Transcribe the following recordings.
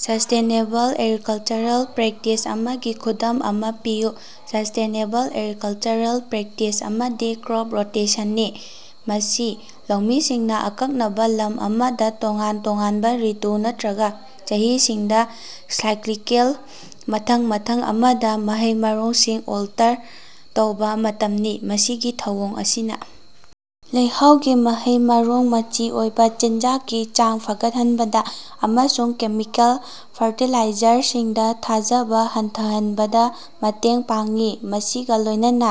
Sustainable agricultural practice ꯑꯃꯒꯤ ꯈꯨꯗꯝ ꯑꯃꯥ ꯄꯤꯌꯨ꯫ ꯁꯁꯇꯦꯅꯦꯕꯜ ꯑꯦꯒ꯭ꯔꯤꯀꯜꯆꯔꯦꯜ ꯄ꯭ꯔꯦꯛꯇꯤꯁ ꯑꯃꯗꯤ ꯀ꯭ꯔꯣꯞ ꯔꯣꯇꯦꯁꯟꯅꯤ꯫ ꯃꯁꯤ ꯂꯧꯃꯤꯁꯤꯡꯅꯥ ꯑꯀꯛꯅꯕ ꯂꯝ ꯑꯃꯗ ꯇꯣꯉꯥꯟ-ꯇꯣꯉꯥꯟꯕ ꯔꯤꯇꯨ ꯅꯠꯇ꯭ꯔꯒ ꯆꯍꯤꯁꯤꯡꯗ, ꯁꯥꯏꯀ꯭ꯂꯤꯀꯦꯜ ꯃꯊꯪ ꯃꯊꯪ ꯑꯃꯗ ꯃꯍꯩ-ꯃꯔꯣꯡꯁꯤꯡ ꯑꯣꯜꯇꯔ ꯇꯧꯕ ꯃꯇꯝꯅꯤ꯫ ꯃꯁꯤꯒꯤ ꯊꯧꯑꯣꯡ ꯑꯁꯤꯅ ꯂꯩꯍꯥꯎꯒꯤ ꯃꯍꯩ-ꯃꯔꯣꯡ ꯃꯆꯤ ꯑꯣꯏꯕ ꯆꯤꯟꯖꯥꯛꯀꯤ ꯆꯥꯡ ꯐꯒꯠꯍꯟꯕꯗ ꯑꯃꯁꯨꯡ ꯀꯦꯃꯤꯀꯦꯜ ꯐꯔꯇꯤꯂꯥꯏꯖꯔꯁꯤꯡꯗ ꯊꯥꯖꯕ ꯍꯟꯊꯍꯟꯕꯗ ꯃꯇꯦꯡ ꯄꯥꯡꯏ ꯃꯁꯤꯒ ꯂꯣꯢꯅꯅꯥ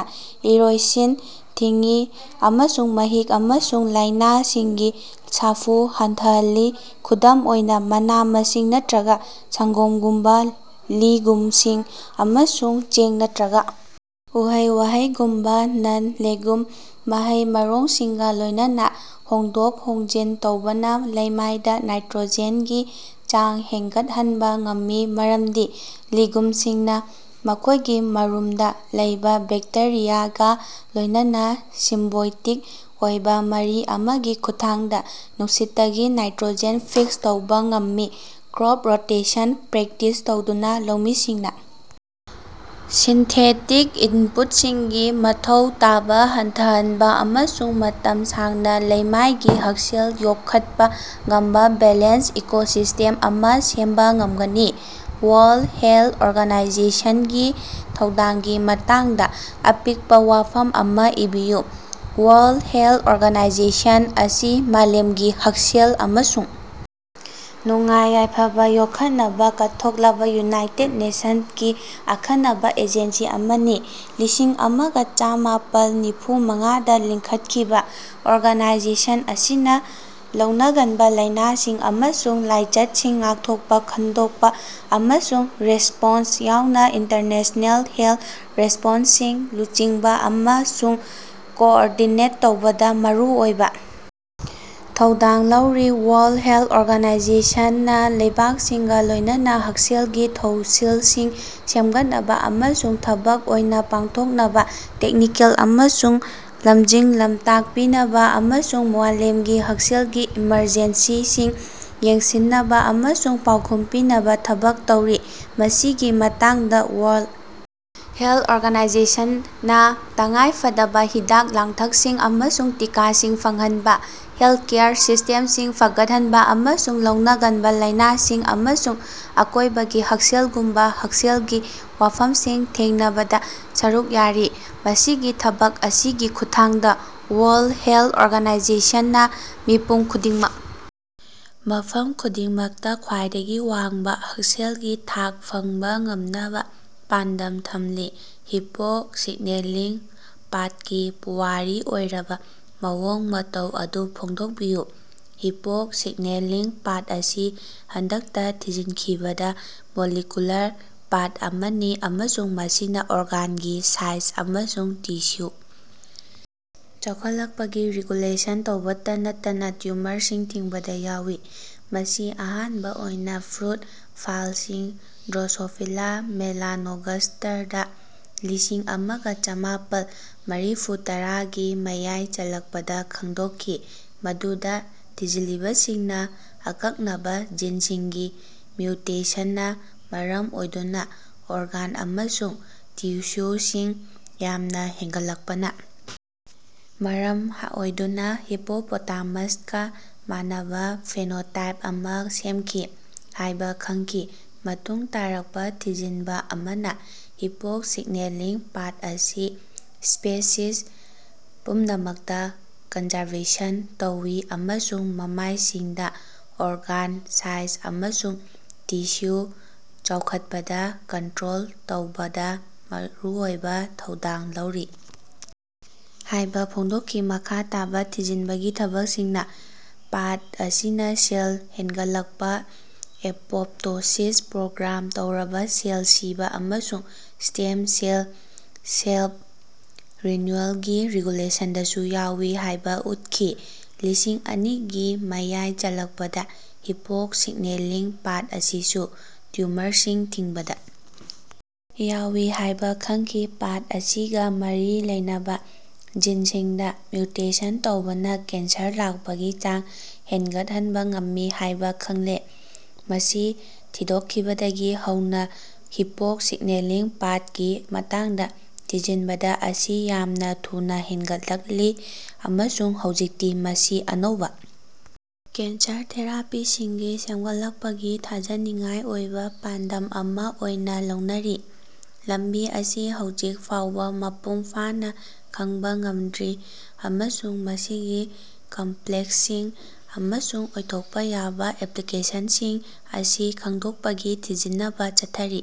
ꯏꯔꯣꯏꯁꯤꯟ ꯊꯤꯡꯏ ꯑꯃꯁꯨꯡ ꯃꯍꯤꯛ ꯑꯃꯁꯨꯡ ꯂꯥꯢꯅꯥꯁꯤꯡꯒꯤ ꯁꯥꯐꯨ ꯍꯟꯊꯍꯜꯂꯤ꯫ ꯈꯨꯗꯝ ꯑꯣꯏꯅ ꯃꯅꯥ-ꯃꯁꯤꯡ ꯅꯠꯇ꯭ꯔꯒ ꯁꯡꯒꯣꯝꯒꯨꯝꯕꯥ ꯂꯤꯒꯨꯝꯁꯤꯡ ꯑꯃꯁꯨꯡ ꯆꯦꯡ ꯅꯠꯇ꯭ꯔꯒ ꯎꯍꯩ-ꯋꯥꯍꯩꯒꯨꯝꯕ ꯅꯟ-ꯂꯦꯒꯨꯝ ꯃꯍꯩ-ꯃꯔꯣꯡꯁꯤꯡꯒ ꯂꯣꯢꯅꯅꯥ ꯍꯣꯡꯗꯣꯛ-ꯍꯣꯡꯖꯤꯟ ꯇꯧꯕꯅ ꯂꯩꯃꯥꯢꯗ ꯅꯥꯏꯇ꯭ꯔꯣꯖꯦꯟꯒꯤ ꯆꯥꯡ ꯍꯦꯟꯒꯠꯍꯟꯕ ꯉꯝꯃꯤ ꯃꯔꯝꯗꯤ ꯂꯤꯒꯨꯝꯁꯤꯡꯅ ꯃꯈꯣꯢꯒꯤ ꯃꯔꯨꯝꯗ ꯂꯩꯕꯥ ꯕꯦꯛꯇꯦꯔꯤꯌꯥꯒ ꯂꯣꯢꯅꯅꯥ ꯁꯤꯝꯕꯣꯏꯇꯤꯛ ꯑꯣꯏꯕ ꯃꯔꯤ ꯑꯃꯒꯤ ꯈꯨꯠꯊꯥꯡꯗ ꯅꯨꯡꯁꯤꯠꯇꯒꯤ ꯅꯥꯏꯇ꯭ꯔꯣꯖꯦꯟ ꯐꯤꯛꯁ ꯇꯧꯕꯥ ꯉꯝꯃꯤ꯫ ꯀ꯭ꯔꯣꯞ ꯔꯣꯇꯦꯁꯟ ꯄ꯭ꯔꯦꯛꯇꯤꯁ ꯇꯧꯗꯨꯅ ꯂꯧꯃꯤꯁꯤꯡꯅ ꯁꯤꯟꯊꯦꯇꯤꯛ ꯏꯟꯄꯨꯠꯁꯤꯡꯒꯤ ꯃꯊꯧ ꯇꯥꯕ ꯍꯟꯊꯍꯟꯕ ꯑꯃꯁꯨꯡ ꯃꯇꯝ ꯁꯥꯡꯅ ꯂꯩꯃꯥꯏꯒꯤ ꯍꯛꯁꯦꯜ ꯌꯣꯛꯈꯠꯄ ꯉꯝꯕ ꯕꯦꯂꯦꯟꯁ ꯏꯀꯣꯁꯤꯁꯇꯦꯝ ꯑꯃ ꯁꯦꯝꯕ ꯉꯝꯒꯅꯤ꯫ ꯋꯥꯔꯜꯗ ꯍꯦꯜꯊ ꯑꯣꯔꯒꯅꯥꯏꯖꯦꯁꯟꯒꯤ ꯊꯧꯗꯥꯡꯒꯤ ꯃꯇꯥꯡꯗ ꯑꯄꯤꯛꯄ ꯋꯥꯐꯝ ꯑꯃ ꯏꯕꯤꯌꯨ꯫ ꯋꯥꯔꯜꯗ ꯍꯦꯜꯊ ꯑꯣꯔꯒꯅꯥꯏꯖꯦꯁꯟ ꯑꯁꯤ ꯃꯥꯂꯦꯝꯒꯤ ꯍꯛꯁꯦꯜ ꯑꯃꯁꯨꯡ ꯅꯨꯡꯉꯥꯏ-ꯌꯥꯏꯐꯕ ꯌꯣꯛꯈꯠꯅꯕ ꯀꯠꯊꯣꯛꯂꯕ ꯌꯨꯅꯥꯏꯇꯦꯗ ꯅꯦꯁꯟꯁꯀꯤ ꯑꯈꯟꯅꯕ ꯑꯦꯖꯦꯟꯁꯤ ꯑꯃꯅꯤ꯫ ꯂꯤꯁꯤꯡ ꯑꯃꯒ ꯆꯥꯃꯥꯄꯜ ꯅꯤꯐꯨ ꯃꯉꯥꯗꯥ ꯂꯤꯡꯈꯠꯈꯤꯕꯥ ꯑꯣꯔꯒꯅꯥꯏꯖꯦꯁꯟ ꯑꯁꯤꯅꯥ ꯂꯧꯅꯒꯟꯕ ꯂꯥꯢꯅꯥꯁꯤꯡ ꯑꯃꯁꯨꯡ ꯂꯥꯏꯆꯠꯁꯤꯡ ꯉꯥꯛꯊꯣꯛꯄꯥ ꯈꯡꯗꯣꯛꯄ ꯑꯃꯁꯨꯡ ꯔꯦꯁꯄꯣꯟꯁ ꯌꯥꯎꯅ ꯏꯟꯇꯔꯅꯦꯁꯅꯦꯜ ꯍꯦꯜꯊ ꯔꯦꯁꯄꯣꯟꯁꯁꯤꯡ ꯂꯨꯆꯤꯡꯕ ꯑꯃꯁꯨꯡ ꯀꯣꯑꯣꯔꯗꯤꯅꯦꯠ ꯇꯧꯕꯗ ꯃꯔꯨꯑꯣꯏꯕ ꯊꯧꯗꯥꯡ ꯂꯧꯔꯤ꯫ ꯋꯥꯔꯜꯗ ꯍꯦꯜꯊ ꯑꯣꯔꯒꯅꯥꯏꯖꯦꯁꯟ ꯅꯥ ꯂꯩꯕꯥꯛꯁꯤꯡꯒ ꯂꯣꯢꯅꯅꯥ ꯍꯛꯁꯦꯜꯒꯤ ꯊꯧꯁꯤꯜꯁꯤꯡ ꯁꯦꯝꯒꯠꯅꯕ ꯑꯃꯁꯨꯡ ꯊꯕꯛ ꯑꯣꯏꯅ ꯄꯥꯡꯊꯣꯛꯅꯕ, ꯇꯦꯛꯅꯤꯀꯦꯜ ꯑꯃꯁꯨꯡ ꯂꯝꯖꯤꯡ-ꯂꯝꯇꯥꯛ ꯄꯤꯅꯕꯥ ꯑꯃꯁꯨꯡ ꯃꯥꯂꯦꯝꯒꯤ ꯍꯛꯁꯦꯜꯒꯤ ꯏꯃꯔꯖꯦꯟꯁꯤꯁꯤꯡ ꯌꯦꯡꯁꯤꯟꯅꯕꯥ ꯑꯃꯁꯨꯡ ꯄꯥꯎꯈꯨꯝ ꯄꯤꯅꯕꯥ ꯊꯕꯛ ꯇꯧꯔꯤ꯫ ꯃꯁꯤꯒꯤ ꯃꯇꯥꯡꯗꯥ ꯋꯥꯔꯜꯗ ꯍꯦꯜꯊ ꯑꯣꯔꯒꯅꯥꯏꯖꯦꯁꯟ ꯅꯥ ꯇꯉꯥꯏ ꯐꯗꯕꯥ ꯍꯤꯗꯥꯛ-ꯂꯥꯡꯊꯛꯁꯤꯡ ꯑꯃꯁꯨꯡ ꯇꯤꯀꯥꯁꯤꯡ ꯐꯪꯍꯟꯕ, ꯍꯦꯜꯊꯀꯦꯌꯔ ꯁꯤꯁ꯭ꯇꯦꯝꯁꯤꯡ ꯐꯒꯠꯍꯟꯕ ꯑꯃꯁꯨꯡ ꯂꯧꯅꯒꯟꯕ ꯂꯥꯢꯅꯁꯤꯡ ꯑꯃꯁꯨꯡ ꯑꯀꯣꯢꯕꯒꯤ ꯍꯛꯁꯦꯜꯒꯨꯝꯕ ꯍꯛꯁꯦꯜꯒꯤ ꯋꯥꯐꯝꯁꯤꯡ ꯊꯦꯡꯅꯕꯗ ꯁꯔꯨꯛ ꯌꯥꯔꯤ꯫ ꯃꯁꯤꯒꯤ ꯊꯕꯛ ꯑꯁꯤꯒꯤ ꯈꯨꯠꯊꯥꯡꯗꯥ ꯋꯥꯔꯜꯗ ꯍꯦꯜꯊ ꯑꯣꯔꯒꯅꯥꯏꯖꯦꯁꯟ ꯅꯥ ꯃꯤꯄꯨꯝ ꯈꯨꯗꯤꯡꯃꯛ ꯃꯐꯝ ꯈꯨꯗꯤꯡꯃꯛꯇ ꯈ꯭ꯋꯥꯏꯗꯒꯤ ꯋꯥꯡꯕ ꯍꯛꯁꯦꯜꯒꯤ ꯊꯥꯛ ꯐꯪꯕꯥ ꯉꯝꯅꯕ ꯄꯥꯟꯗꯝ ꯊꯝꯂꯤ꯫ ꯍꯤꯄꯣꯛ ꯁꯤꯒꯅꯦꯂꯤꯡ ꯄꯥꯊꯀꯤ ꯄꯨꯋꯥꯔꯤ ꯑꯣꯏꯔꯕ ꯃꯑꯣꯡ-ꯃꯇꯧ ꯑꯗꯨ ꯐꯣꯡꯗꯣꯛꯄꯤꯌꯨ꯫ ꯍꯤꯄꯣꯛ ꯁꯤꯒꯅꯦꯂꯤꯡ ꯄꯥꯊ ꯑꯁꯤ ꯍꯟꯗꯛꯇꯥ ꯊꯤꯖꯤꯟꯈꯤꯕꯗ ꯃꯣꯂꯤꯀ꯭ꯌꯨꯂꯔ ꯄꯥꯊ ꯑꯃꯅꯤ ꯑꯃꯁꯨꯡ ꯃꯁꯤꯅꯥ ꯑꯣꯔꯒꯥꯟꯒꯤ ꯁꯥꯏꯖ ꯑꯃꯁꯨꯡ ꯇꯤꯁ꯭ꯌꯨ ꯆꯥꯎꯈꯠꯂꯛꯄꯒꯤ ꯔꯤꯒꯨꯂꯦꯁꯟ ꯇꯧꯕꯇ ꯅꯠꯇꯅ ꯇꯤꯎꯃꯔꯁꯤꯡ ꯊꯤꯡꯕꯗ ꯌꯥꯎꯏ꯫ ꯃꯁꯤ ꯑꯍꯥꯟꯕ ꯑꯣꯏꯅ ꯐ꯭ꯔꯨꯠ ꯐ꯭ꯂꯥꯏꯁꯤꯡ ꯗ꯭ꯔꯣꯁꯣꯐꯤꯂꯥ ꯃꯦꯂꯥꯅꯣꯒꯥꯁ꯭ꯇꯔꯗꯥ ꯂꯤꯁꯤꯡ ꯑꯃꯒ ꯆꯥꯃꯥꯄꯜ ꯃꯔꯤꯐꯨꯇꯔꯥꯒꯤ ꯃꯌꯥꯏ ꯆꯜꯂꯛꯄꯗ ꯈꯡꯗꯣꯛꯈꯤ ꯃꯗꯨꯗꯥ ꯊꯤꯖꯜꯂꯤꯕꯁꯤꯡꯅ ꯑꯀꯛꯅꯕ ꯖꯤꯟꯁꯤꯡꯒꯤ ꯃ꯭ꯌꯨꯇꯦꯁꯟꯅ ꯃꯔꯝ ꯑꯣꯏꯗꯨꯅ ꯑꯣꯔꯒꯥꯟ ꯑꯃꯁꯨꯡ ꯇꯤꯁ꯭ꯌꯨꯁꯤꯡ ꯌꯥꯝꯅ ꯍꯦꯟꯒꯠꯂꯛꯄꯅ ꯃꯔꯝ ꯑꯣꯏꯗꯨꯅ ꯍꯤꯄꯣꯄꯣꯇꯥꯃꯁꯀꯥ ꯃꯥꯟꯅꯕꯥ ꯐꯦꯅꯣꯇꯥꯏꯞ ꯑꯃꯥ ꯁꯦꯝꯈꯤ ꯍꯥꯢꯕ ꯈꯪꯈꯤ꯫ ꯃꯇꯨꯡ ꯇꯥꯔꯛꯄ ꯊꯤꯖꯤꯟꯕ ꯑꯃꯅ ꯍꯤꯄꯣꯛ ꯁꯤꯒꯅꯦꯂꯤꯡ ꯄꯥꯊ ꯑꯁꯤ ꯁ꯭ꯄꯦꯁꯤꯁ ꯄꯨꯝꯅꯃꯛꯇ ꯀꯟꯖꯔꯕꯦꯁꯟ ꯇꯧꯏ ꯑꯃꯁꯨꯡ ꯃꯃꯥꯢꯁꯤꯡꯗ ꯑꯣꯔꯒꯥꯟ ꯁꯥꯏꯖ ꯑꯃꯁꯨꯡ ꯇꯤꯁ꯭ꯌꯨ ꯆꯥꯎꯈꯠꯄꯗ ꯀꯟꯇ꯭ꯔꯣꯜ ꯇꯧꯕꯗ ꯃꯔꯨꯑꯣꯏꯕ ꯊꯧꯗꯥꯡ ꯂꯧꯔꯤ ꯍꯥꯢꯕ ꯐꯣꯡꯗꯣꯛꯈꯤ꯫ ꯃꯈꯥ ꯇꯥꯕ ꯊꯤꯖꯤꯟꯕꯒꯤ ꯊꯕꯛꯁꯤꯡꯅ ꯄꯥꯊ ꯑꯁꯤꯅ ꯁꯦꯜ ꯍꯦꯟꯒꯠꯂꯛꯄ ꯑꯦꯄꯣꯄꯇꯣꯁꯤꯁ ꯄ꯭ꯔꯣꯒ꯭ꯔꯥꯝ ꯇꯧꯔꯕꯥ ꯁꯦꯜ ꯁꯤꯕꯥ ꯑꯃꯁꯨꯡ ꯁ꯭ꯇꯦꯝ ꯁꯦꯜ ꯁꯦꯜꯐ-ꯔꯤꯅ꯭ꯌꯨꯑꯦꯜꯒꯤ ꯔꯤꯒꯨꯂꯦꯁꯟꯗꯁꯨ ꯌꯥꯎꯏ ꯍꯥꯢꯕ ꯎꯠꯈꯤ꯫ ꯂꯤꯁꯤꯡ ꯑꯅꯤꯒꯤ ꯃꯌꯥꯏ ꯆꯜꯂꯛꯄꯗ ꯍꯤꯄꯣꯛ ꯁꯤꯒꯅꯦꯂꯤꯡ ꯄꯥꯊ ꯑꯁꯤꯁꯨ ꯇꯤꯎꯃꯔꯁꯤꯡ ꯊꯤꯡꯕꯗ ꯌꯥꯎꯏ ꯍꯥꯢꯕ ꯈꯪꯈꯤ꯫ ꯄꯥꯊ ꯑꯁꯤꯒ ꯃꯔꯤ ꯂꯩꯅꯕ ꯖꯤꯟꯁꯤꯡꯗ ꯃ꯭ꯌꯨꯇꯦꯁꯟ ꯇꯧꯕꯅ ꯀꯦꯟꯁꯔ ꯂꯥꯛꯄꯒꯤ ꯆꯥꯡ ꯍꯦꯟꯒꯠꯍꯟꯕ ꯉꯝꯃꯤ ꯍꯥꯢꯕ ꯈꯪꯂꯦ꯫ ꯃꯁꯤ ꯊꯤꯗꯣꯛꯈꯤꯕꯗꯒꯤ ꯍꯧꯅ ꯍꯤꯄꯣꯛ ꯁꯤꯒꯅꯦꯂꯤꯡ ꯄꯥꯊꯀꯤ ꯃꯇꯥꯡꯗ ꯊꯤꯖꯤꯟꯕꯗ ꯑꯁꯤ ꯌꯥꯝꯅ ꯊꯨꯅ ꯍꯦꯟꯒꯠꯂꯛꯂꯤ ꯑꯃꯁꯨꯡ ꯍꯧꯖꯤꯛꯇꯤ ꯃꯁꯤ ꯑꯅꯧꯕ ꯀꯦꯟꯁꯔ ꯊꯦꯔꯥꯄꯤꯁꯤꯡ ꯁꯦꯝꯒꯠꯄꯒꯤ ꯊꯥꯖꯅꯤꯡꯉꯥꯏ ꯑꯣꯏꯕ ꯄꯥꯟꯗꯝ ꯑꯃ ꯑꯣꯏꯅ ꯂꯧꯅꯔꯤ꯫ ꯂꯝꯕꯤ ꯑꯁꯤ ꯍꯧꯖꯤꯛ ꯐꯥꯎꯕ ꯃꯄꯨꯡ ꯐꯥꯅ ꯈꯡꯕꯥ ꯉꯝꯗ꯭ꯔꯤ ꯑꯃꯁꯨꯡ ꯃꯁꯤꯒꯤ ꯀꯝꯄ꯭ꯂꯦꯛꯁꯁꯤꯡ ꯑꯃꯁꯨꯡ ꯑꯣꯏꯊꯣꯛꯄ ꯌꯥꯕ ꯑꯦꯄ꯭ꯂꯤꯀꯦꯁꯟꯁꯤꯡ ꯑꯁꯤ ꯈꯡꯗꯣꯛꯄꯒꯤ ꯊꯤꯖꯤꯟꯅꯕ ꯆꯠꯊꯔꯤ꯫